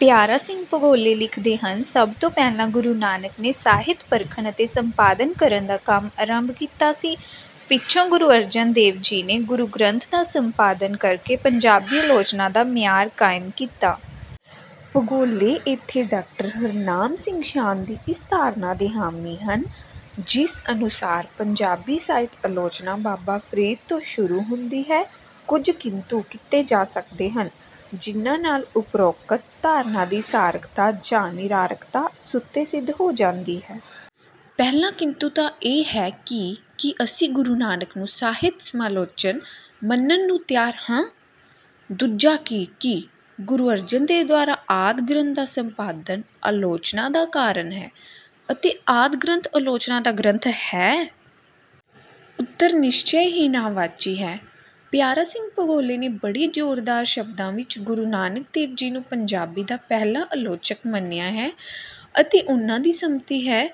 ਪਿਆਰਾ ਸਿੰਘ ਭੋਗਲੇ ਲਿਖਦੇ ਹਨ: ਸਭ ਤੋਂ ਪਹਿਲਾਂ ਗੁਰੂ ਨਾਨਕ ਨੇ ਸਾਹਿਤ-ਪਰਖਣ ਅਤੇ ਸੰਪਾਦਨ ਕਰਨ ਦਾ ਕੰਮ ਆਰੰਭ ਕੀਤਾ ਸੀ। ਪਿੱਛੋਂ ਗੁਰੂ ਅਰਜਨ ਦੇਵ ਜੀ ਨੇ ਗੁਰੂ ਗ੍ਰੰਥ ਦਾ ਸੰਪਾਦਨ ਕਰਕੇ ਪੰਜਾਬੀ ਆਲੋਚਨਾ ਦਾ ਮਿਆਰ ਕਾਇਮ ਕੀਤਾ। ਭੋਗਲੇ ਇੱਥੇ ਡਾਕਟਰ ਹਰਨਾਮ ਸਿੰਘ ਸ਼ਾਨ ਦੀ ਇਸ ਧਾਰਨਾ ਦੇ ਹਾਮੀ ਹਨ, ਜਿਸ ਅਨੁਸਾਰ ਪੰਜਾਬੀ ਸਾਹਿਤ ਆਲੋਚਨਾ ਬਾਬਾ ਫਰੀਦ ਤੋਂ ਸ਼ੁਰੂ ਹੁੰਦੀ ਹੈ। ਕੁਝ ਕਿੰਤੂ ਕੀਤੇ ਜਾ ਸਕਦੇ ਹਨ, ਜਿਨ੍ਹਾਂ ਨਾਲ ਉਪਰੋਕਤ ਧਾਰਨਾ ਦੀ ਸਾਰਥਕਤਾ ਜਾਂ ਨਿਰਾਰਥਕਤਾ ਸੁਤੇ-ਸਿੱਧ ਹੋ ਜਾਂਦੀ ਹੈ। ਪਹਿਲਾ ਕਿੰਤੂ ਤਾਂ ਇਹ ਹੈ ਕਿ ਕੀ ਅਸੀਂ ਗੁਰੂ ਨਾਨਕ ਨੂੰ ਸਾਹਿਤ ਸਮਾਲੋਚਕ ਮੰਨਣ ਨੂੰ ਤਿਆਰ ਹਾਂ? ਦੂਜਾ ਕਿ ਕੀ ਗੁਰੂ ਅਰਜਨ ਦੇਵ ਦੁਆਰਾ ਆਦਿ ਗ੍ਰੰਥ ਦਾ ਸੰਪਾਦਨ ਆਲੋਚਨਾ ਦਾ ਕਾਰਨ ਹੈ ਅਤੇ ਆਦਿ ਗ੍ਰੰਥ ਆਲੋਚਨਾ ਦਾ ਗ੍ਰੰਥ ਹੈ? ਉੱਤਰ ਨਿਸ਼ਚੇ ਹੀ ਨਾਂਹਵਾਚੀ ਹੈ। ਪਿਆਰਾ ਸਿੰਘ ਭੋਗਲੇ ਨੇ ਬੜੇ ਜ਼ੋਰਦਾਰ ਸ਼ਬਦਾਂ ਵਿੱਚ ਗੁਰੂ ਨਾਨਕ ਦੇਵ ਜੀ ਨੂੰ ਪੰਜਾਬੀ ਦਾ ਪਹਿਲਾ ਆਲੋਚਕ ਮੰਨਿਆ ਹੈ ਅਤੇ ਉਹਨਾਂ ਦੀ ਸਮਤੀ ਹੈ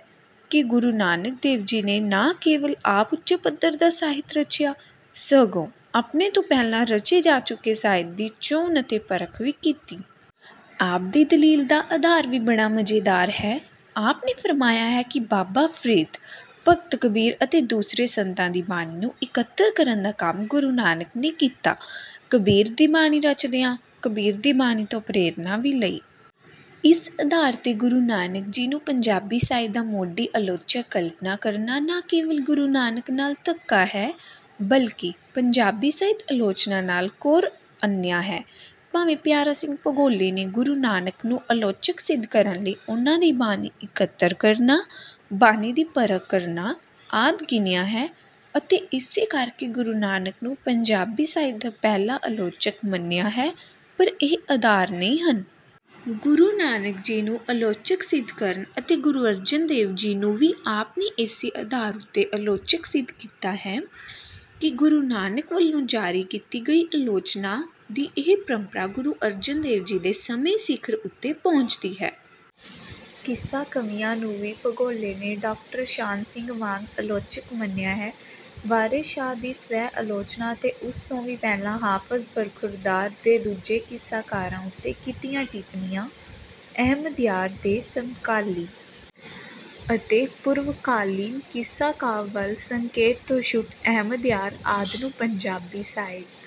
ਕਿ ਗੁਰੂ ਨਾਨਕ ਦੇਵ ਜੀ ਨੇ ਨਾ ਕੇਵਲ ਆਪ ਉੱਚੇ ਪੱਧਰ ਦਾ ਸਾਹਿਤ ਰਚਿਆ, ਸਗੋਂ ਆਪਣੇ ਤੋਂ ਪਹਿਲਾਂ ਰਚੇ ਜਾ ਚੁੱਕੇ ਸਾਹਿਤ ਦੀ ਚੋਣ ਅਤੇ ਪਰਖ ਵੀ ਕੀਤੀ। ਆਪ ਦੀ ਦਲੀਲ ਦਾ ਆਧਾਰ ਵੀ ਬੜਾ ਮਜ਼ੇਦਾਰ ਹੈ। ਆਪ ਨੇ ਫਰਮਾਇਆ ਹੈ ਕਿ ਬਾਬਾ ਫਰੀਦ, ਭਗਤ ਕਬੀਰ ਅਤੇ ਦੂਸਰੇ ਸੰਤਾਂ ਦੀ ਬਾਣੀ ਨੂੰ ਇਕੱਤਰ ਕਰਨ ਦਾ ਕੰਮ ਗੁਰੂ ਨਾਨਕ ਨੇ ਕੀਤਾ। ਕਬੀਰ ਦੀ ਬਾਣੀ ਰਚਦਿਆਂ ਕਬੀਰ ਦੀ ਬਾਣੀ ਤੋਂ ਪ੍ਰੇਰਨਾ ਵੀ ਲਈ। ਇਸ ਆਧਾਰ 'ਤੇ ਗੁਰੂ ਨਾਨਕ ਜੀ ਨੂੰ ਪੰਜਾਬੀ ਸਾਹਿਤ ਦਾ ਮੋਢੀ ਆਲੋਚਕ ਕਲਪਨਾ ਕਰਨਾ ਨਾ ਕੇਵਲ ਗੁਰੂ ਨਾਨਕ ਨਾਲ ਧੱਕਾ ਹੈ, ਬਲਕਿ ਪੰਜਾਬੀ ਸਾਹਿਤ ਆਲੋਚਨਾ ਨਾਲ ਘੋਰ ਅਨਿਆਂ ਹੈ। ਭਾਵੇਂ ਪਿਆਰਾ ਸਿੰਘ ਭੋਗਲੇ ਨੇ ਗੁਰੂ ਨਾਨਕ ਨੂੰ ਆਲੋਚਕ ਸਿੱਧ ਕਰਨ ਲਈ ਉਹਨਾਂ ਦੀ ਬਾਣੀ ਇਕੱਤਰ ਕਰਨਾ, ਬਾਣੀ ਦੀ ਪਰਖ ਕਰਨਾ ਆਦਿ ਗਿਣਿਆ ਹੈ, ਅਤੇ ਇਸੇ ਕਰਕੇ ਗੁਰੂ ਨਾਨਕ ਨੂੰ ਪੰਜਾਬੀ ਸਾਹਿਤ ਦਾ ਪਹਿਲਾ ਆਲੋਚਕ ਮੰਨਿਆ ਹੈ, ਪਰ ਇਹ ਆਧਾਰ ਨਹੀਂ ਹਨ। ਗੁਰੂ ਨਾਨਕ ਜੀ ਨੂੰ ਆਲੋਚਕ ਸਿੱਧ ਕਰਨ ਅਤੇ ਗੁਰੂ ਅਰਜਨ ਦੇਵ ਜੀ ਨੂੰ ਵੀ ਆਪ ਨੇ ਇਸੇ ਆਧਾਰ ਉੱਤੇ ਆਲੋਚਕ ਸਿੱਧ ਕੀਤਾ ਹੈ ਕਿ ਗੁਰੂ ਨਾਨਕ ਵੱਲੋਂ ਜਾਰੀ ਕੀਤੀ ਗਈ ਆਲੋਚਨਾ ਦੀ ਇਹ ਪ੍ਰੰਪਰਾ ਗੁਰੂ ਅਰਜਨ ਦੇਵ ਜੀ ਦੇ ਸਮੇਂ ਸਿਖਰ ਉੱਤੇ ਪਹੁੰਚਦੀ ਹੈ। ਕਿੱਸਾ ਕਵੀਆਂ ਨੂੰ ਵੀ ਭੋਗਲੇ ਨੇ ਡਾਕਟਰ ਸ਼ਾਨ ਸਿੰਘ ਵਾਂਗ ਆਲੋਚਕ ਮੰਨਿਆ ਹੈ। ਵਾਰਸ ਸ਼ਾਹ ਦੀ ਸਵੈ-ਆਲੋਚਨਾ ਅਤੇ ਉਸ ਤੋਂ ਵੀ ਪਹਿਲਾਂ ਹਾਫ਼ਜ਼ ਬਰਖ਼ੁਰਦਾਰ ਦੇ ਦੂਜੇ ਕਿੱਸਾਕਾਰਾਂ ਉੱਤੇ ਕੀਤੀਆਂ ਟਿੱਪਣੀਆਂ, ਅਹਿਮਦਯਾਰ ਦੇ ਸਮਕਾਲੀ ਅਤੇ ਪੂਰਵਕਾਲੀਨ ਕਿੱਸਾ ਕਾਵਿ ਵੱਲ ਸੰਕੇਤ ਤੋਂ ਛੁੱਟ, ਅਹਿਮਦਯਾਰ ਆਦਿ ਨੂੰ ਪੰਜਾਬੀ ਸਾਹਿਤ